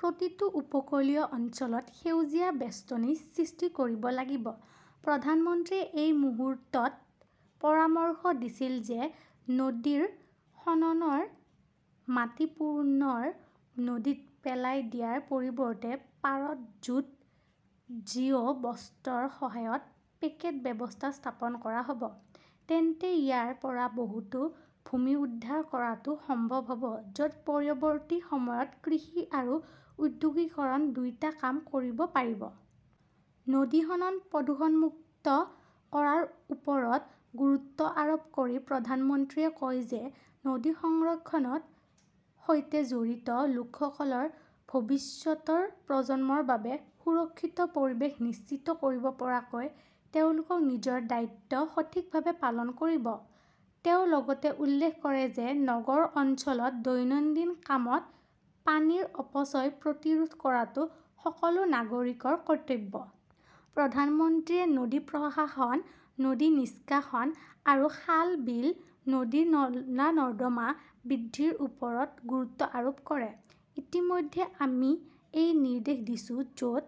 প্ৰতিটো উপকূলীয় অঞ্চলত সেউজীয়া বেষ্টনী সৃষ্টি কৰিব লাগিব। "প্ৰধানমন্ত্ৰীয়ে" এই মুহূৰ্তত পৰামৰ্শ দিছিল যে নদীৰ খননৰ মাটি পুনৰ নদীত পেলাই দিয়াৰ পৰিৱৰ্তে পাৰত জুট জিঅ' বস্ত্ৰৰ সহায়ত পকেট ব্যৱস্থা স্থাপন কৰা হব, তেন্তে ইয়াৰ পৰা বহুতো ভূমি উদ্ধাৰ কৰাটো সম্ভৱ হব য'ত পৰৱৰ্তী সময়ত কৃষি আৰু ঔদ্যোগিকৰণ দুয়োটা কাম কৰিব পাৰিব। নদীখনক প্ৰদূষণমুক্ত কৰাৰ ওপৰত গুৰুত্ব আৰোপ কৰি প্ৰধানমন্ত্ৰীয়ে কয় যে নদী সংৰক্ষণৰ সৈতে জড়িত লোকসকলে ভৱিষ্যতৰ প্ৰজন্মৰ বাবে সুৰক্ষিত পৰিৱেশ নিশ্চিত কৰিব পৰাকৈ তেওঁলোকৰ নিজৰ দায়িত্ব সঠিকভাৱে পালন কৰিব। তেওঁ লগতে উল্লেখ কৰে যে নগৰ অঞ্চলত দৈনন্দিন কামত পানীৰ অপচয় প্ৰতিৰোধ কৰাটো সকলো নাগৰিকৰ কৰ্তব্য। প্ৰধানমন্ত্ৰীয়ে নদী প্ৰশাসন, নদী নিষ্কাশন আৰু খাল, বিল, নদীৰ নলা-নৰ্দমা বৃদ্ধিৰ ওপৰত গুৰুত্ব আৰোপ কৰে। ইতিমধ্যেই আমি এটা নিৰ্দেশ দিছো, য'ত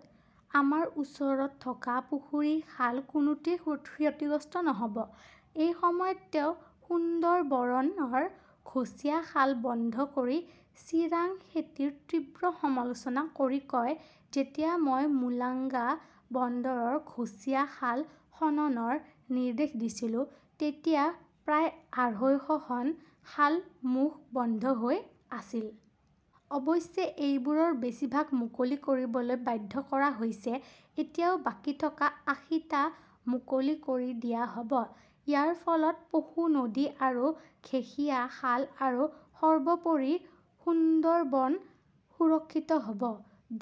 আমাৰ ওচৰত থকা পুখুৰী-খালৰ কোনোটোৱেই ক্ষতিগ্ৰস্ত নহব। এই সময়ত তেওঁ সুন্দৰবনৰ ঘছিয়া খাল বন্ধ কৰি চিংৰা খেতিৰ তীব্ৰ সমালোচনা কৰি কয়, "যেতিয়া মই মোংলা বন্দৰৰ ঘছিয়া খাল খননৰ নিৰ্দেশ দিছিলো তেতিয়া প্ৰায় আঢ়ৈশখন খালৰ মুখ বন্ধ হৈ আছিল। অৱশ্যে, সেইবোৰৰ বেছিভাগ মুকলি কৰিবলৈ বাধ্য কৰা হৈছে। এতিয়াও বাকী থকা আশী টা মুকলি কৰি দিয়া হ'ব। ইয়াৰ ফলত পশু নদী আৰু ঘেশিয়া খাল আৰু সৰ্বোপৰি সুন্দৰবন সুৰক্ষিত হব।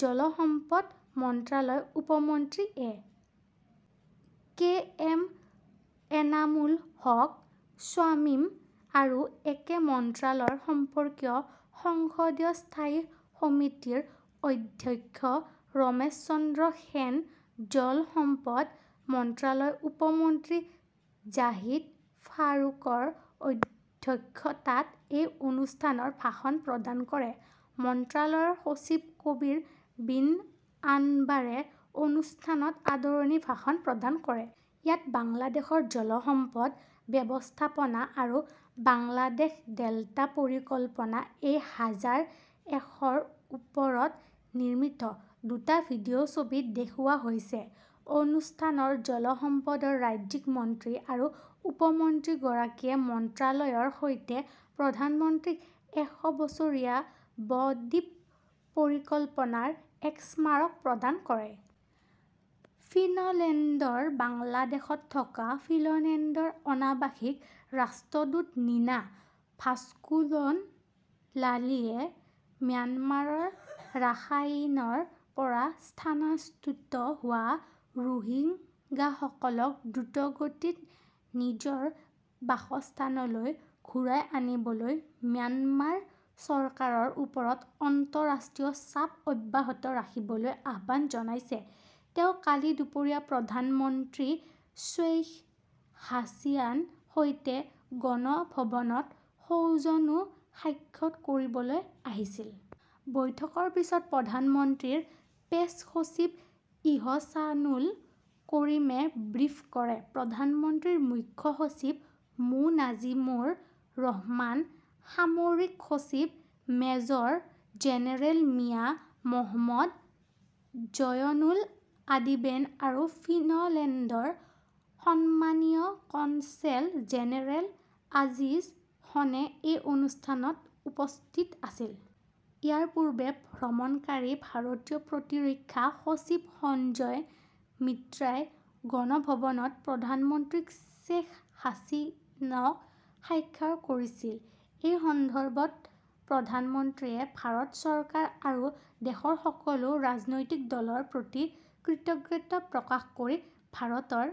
জল সম্পদ মন্ত্ৰালয়ৰ উপ মন্ত্ৰী A. K. M. Enamul Haque Shamim আৰু একে মন্ত্ৰালয় সম্পৰ্কীয় সংসদীয় স্থায়ী সমিতিৰ অধ্যক্ষ ৰমেশ চন্দ্ৰ সেনে জল সম্পদ মন্ত্ৰালয়ৰ উপ মন্ত্ৰী জাহিদ ফাৰুকৰ অধ্যক্ষতাত এই অনুষ্ঠানত ভাষণ প্ৰদান কৰে। মন্ত্ৰালয়ৰ সচিব কবীৰ বিন আনৱাৰে অনুষ্ঠানত আদৰণি ভাষণ প্ৰদান কৰে। ইয়াত বাংলাদেশৰ জল সম্পদ ব্যৱস্থাপনা আৰু বাংলাদেশ ডেল্টা পৰিকল্পনা দুই হাজাৰ এশৰ ওপৰত নিৰ্মিত দুটা ভিডিঅ ছবি দেখুওৱা হৈছে। অনুষ্ঠানত জল সম্পদৰ ৰাজ্যিক মন্ত্ৰী আৰু উপ মন্ত্ৰীগৰাকীয়ে মন্ত্ৰালয়ৰ হৈ প্ৰধানমন্ত্ৰীক এশ বছৰীয়া ব-দ্বীপ পৰিকল্পনাৰ "এক স্মাৰক" প্ৰদান কৰে। ফিনলেণ্ডৰ বাংলাদেশত থকা ফিনলেণ্ডৰ অনাবাসিক ৰাষ্ট্ৰদূত নিনা ভাস্কুনলাতীয়ে ম্যানমাৰৰ ৰাখাইনৰ পৰা স্থানচ্যুত হোৱা ৰোহিংগাসকলক দ্ৰুতগতিত নিজৰ বাসস্থানলৈ ঘূৰাই আনিবলৈ ম্যানমাৰ চৰকাৰৰ ওপৰত আন্তঃৰাষ্ট্ৰীয় চাপ অব্যাহত ৰাখিবলৈ আহ্বান জনাইছে। তেওঁ কালি দুপৰীয়া প্ৰধানমন্ত্ৰী শ্বেইখ হাছিনাৰ সৈতে গণভৱনত সৌজন্যে সাক্ষাৎ কৰিবলৈ আহিছিল। বৈঠকৰ পিছত প্ৰধানমন্ত্ৰীৰ প্ৰেছ সচিব ইহছানুল কাৰিমে ব্ৰিফ কৰে। প্ৰধানমন্ত্ৰীৰ মুখ্য সচিব মো. নজিবুৰ ৰহমান, সামৰিক সচিব মেজৰ জেনেৰেল মিয়া মহম্মদ জয়নুল আবেদিন আৰু ফিনলেণ্ডৰ সন্মানীয় কনছেল জেনেৰেল আজিজ খানে এই অনুষ্ঠানত উপস্থিত আছিল। ইয়াৰ পূৰ্বে ভ্ৰমণকাৰী ভাৰতীয় প্ৰতিৰক্ষা সচিব সঞ্জয় মিত্ৰাই গণভৱনত প্ৰধানমন্ত্ৰী শ্বেখ হাছিনাক সাক্ষাৎ কৰিছিল। এই সন্দৰ্ভত প্ৰধানমন্ত্ৰীয়ে ভাৰত চৰকাৰ আৰু দেশৰ সকলো ৰাজনৈতিক দলৰ প্ৰতি কৃতজ্ঞতা প্ৰকাশ কৰি ভাৰতৰ